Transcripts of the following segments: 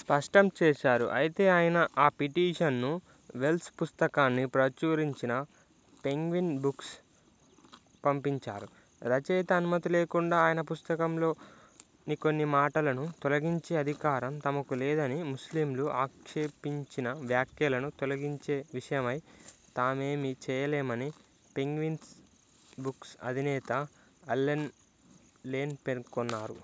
స్పష్టం చేశారు. అయితే ఆయన ఆ పిటీషన్ను వెల్స్ పుస్తకాన్ని ప్రచురించిన పెంగ్విన్ బుక్స్ పంపించారు. రచయిత అనుమతి లేకుండా ఆయన పుస్తకం లోని కొన్ని మాటలనూ తొలగించే అధికారం తమకు లేదని, ముస్లింలు ఆక్షేపించిన వ్యాఖ్యలను తొలగించే విషయమై తామేమీ చేయలేమని పెంగ్విన్స్ బుక్స్ అధినేత అల్లెన్ లేన్ పేర్కొన్నారు.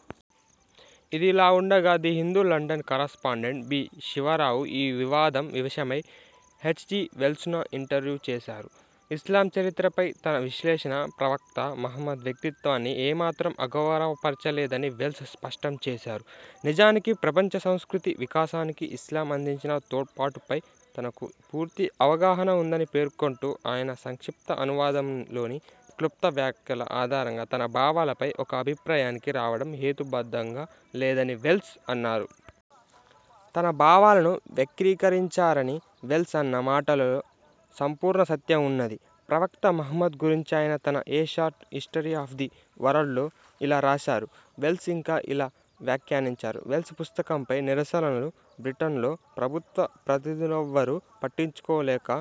ఇదిలావుండగా the Hindu London correspondent B. Sivarao ఈ వివాదం విషయమై హెచ్. జి. వెల్స్ను ఇంటర్వ్యూ చేశారు. ఇస్లాం చరిత్రపై తన విశ్లేషణ ప్రవక్త మహ్మద్ వ్యక్తిత్వాన్ని ఏమాత్రం అగౌరవపరచలేదని వెల్స్ స్పష్టం చేశారు. నిజానికి ప్రపంచ సంస్కృతీ వికాసానికి ఇస్లాం అందించిన తోడ్పాటుపై తనకు పూర్తి అవగాహన వుందని పేర్కొంటూ అయినా సంక్షిప్త అనువాదంలోని క్లుప్త వ్యాఖ్యల ఆధారంగా తన భావాలపై ఒక అభిప్రాయానికి రావడం హేతుబద్ధంగా లేదని వెల్స్ అన్నారు. తన భావాలను వెక్రీకరించారని వెల్స్ అన్న మాటలలో సంపూర్ణ సత్యం వున్నది. ప్రవక్త మహమ్మద్ గురించి ఆయన తన a short history of the వరల్డ్లో ఇలా రాశారు వెల్స్ ఇంకా ఇలా వ్యాఖ్యానించారు, వెల్స్ పుస్తకంపై నిరసనలను బ్రిటన్లో ప్రభుత్వ ప్రతినిధులెవ్వరూ పట్టించుకోక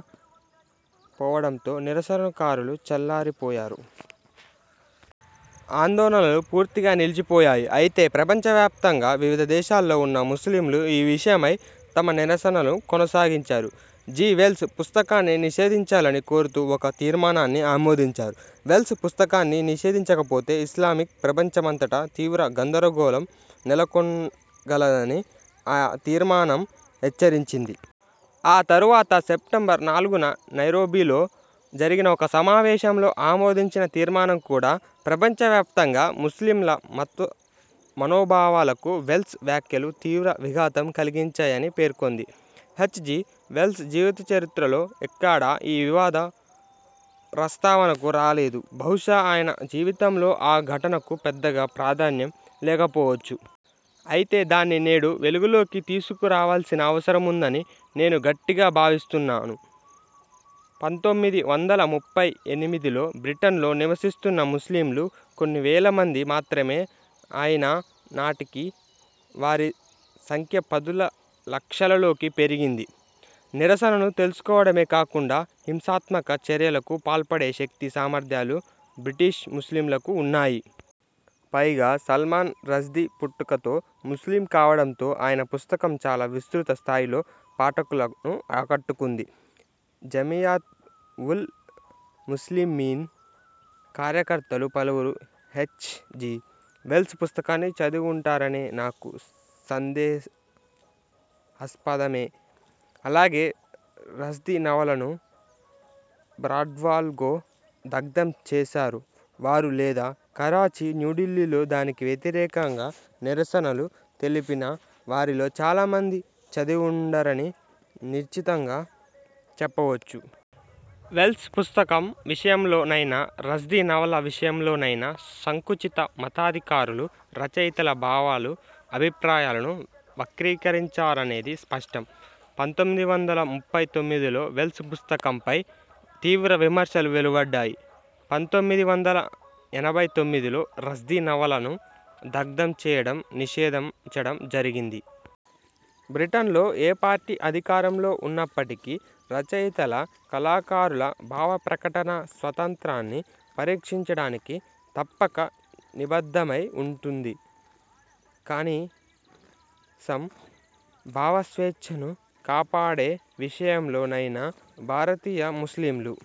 పోవడంతో నిరసనకారులు చల్లారి పోయారు. ఆందోళనలు పూర్తిగా నిలిచిపోయాయి. అయితే ప్రపంచ వ్యాప్తంగా వివిధ దేశాల్లో వున్న ముస్లింలు ఈ విషయమై తమ నిరసనలను కొనసాగించారు. జి. వెల్స్ పుస్తకాన్ని నిషేధించాలని కోరుతూ ఒక తీర్మానాన్ని ఆమోదించారు. వెల్స్ పుస్తకాన్ని నిషేధించకపోతే ఇస్లామిక్ ప్రపంచమంతటా తీవ్ర గందరగోళం నెలకొనగలదనీ ఆ తీర్మానం హెచ్చరించింది. ఆ తరువాత సెప్టెంబర్ నాలుగున నైరోబీలో జరిగిన ఒక సమావేశంలో ఆమోదించిన తీర్మానం కూడా ప్రపంచ వ్యాప్తంగా ముస్లింల మత్వ మనోభావాలకు వెల్స్ వ్యాఖ్యలు తీవ్ర విఘాతం కలిగించాయని పేర్కొంది హెచ్. జి. వెల్స్ జీవిత చరిత్రల్లో ఎక్కడా ఈ వివాద ప్రస్తావనకు రాలేదు. బహుశా ఆయన జీవితంలో ఆ ఘటనకు పెద్దగా ప్రాధాన్యం లేకపోవచ్చు. అయితే దాన్ని నేడు వెలుగులోకి తీసుకు రావాల్సిన అవసరముందని నేను గట్టిగా భావిస్తున్నాను. పంతొమ్మిది వందల ముప్పై ఎనిమిదిలో బ్రిటన్లో నివసిస్తున్న ముస్లింలు కొన్ని వేల మంది మాత్రమే అయినా నాటికి వారి సంఖ్య పదుల లక్షలలోకి పెరిగింది. నిరసనలు తెలుపడమే కాకుండా హింసాత్మక చర్యలకు పాల్పడే శక్తి సామర్థ్యాలు బ్రిటిష్ ముస్లింలకు వున్నాయి. పైగా సల్మాన్ రష్దీ పుట్టుకతో ముస్లిం కావడంతో ఆయన పుస్తకం చాలా విస్తృత స్థాయిలో పాఠకులను ఆకట్టుకుంది. జమీయత్ ఊ ల్ ముస్లిమీన్ కార్యకర్తలు పలువురు హెచ్. జి. వెల్స్ పుస్తకాన్ని చదివివుంటారనే నాకు సందే హాస్పదమే. అలాగే రష్దీ నవలను బ్రాడ్వాల్గో దగ్ధం చేసిన వారు లేదా కరాచీ, న్యూఢిల్లీలో దానికి వ్యతిరేకంగా నిరసనలు తెలిపిన వారిలో చాలా మంది చదివివుండరని నిశ్చితంగా చెప్పవచ్చు. వెల్స్ పుస్తకం విషయంలో నైనా, రష్దీ నవల విషయంలోనైనా సంకుచిత మతాధి కారులు రచయితల భావాలు, అభిప్రాయాలను వక్రీకరించారనేది స్పష్టం. పంతొమ్మిది వందల ముప్పై తొమ్మిదిలో వెల్స్ పుస్తకంపై తీవ్రవిమర్శలు వెలువడ్డాయి. పంతొమ్మిది వందల ఎనభై తొమ్మిదిలో రష్దీ నవలను దగ్ధం చేయడం, నిషేధించడం జరిగింది. బ్రిటన్లో ఏ పార్టీ అధికారంలో వున్నప్పటికీ రచయితల, కళాకారుల భావప్రకటనా స్వాతంత్రాన్ని పరిరక్షించడానికి తప్పక నిబద్ధమై వుంటుంది. కనీసం భావ స్వేచ్ఛను కాపాడే విషయంలో నైనా భారతీయ ముస్లింలు,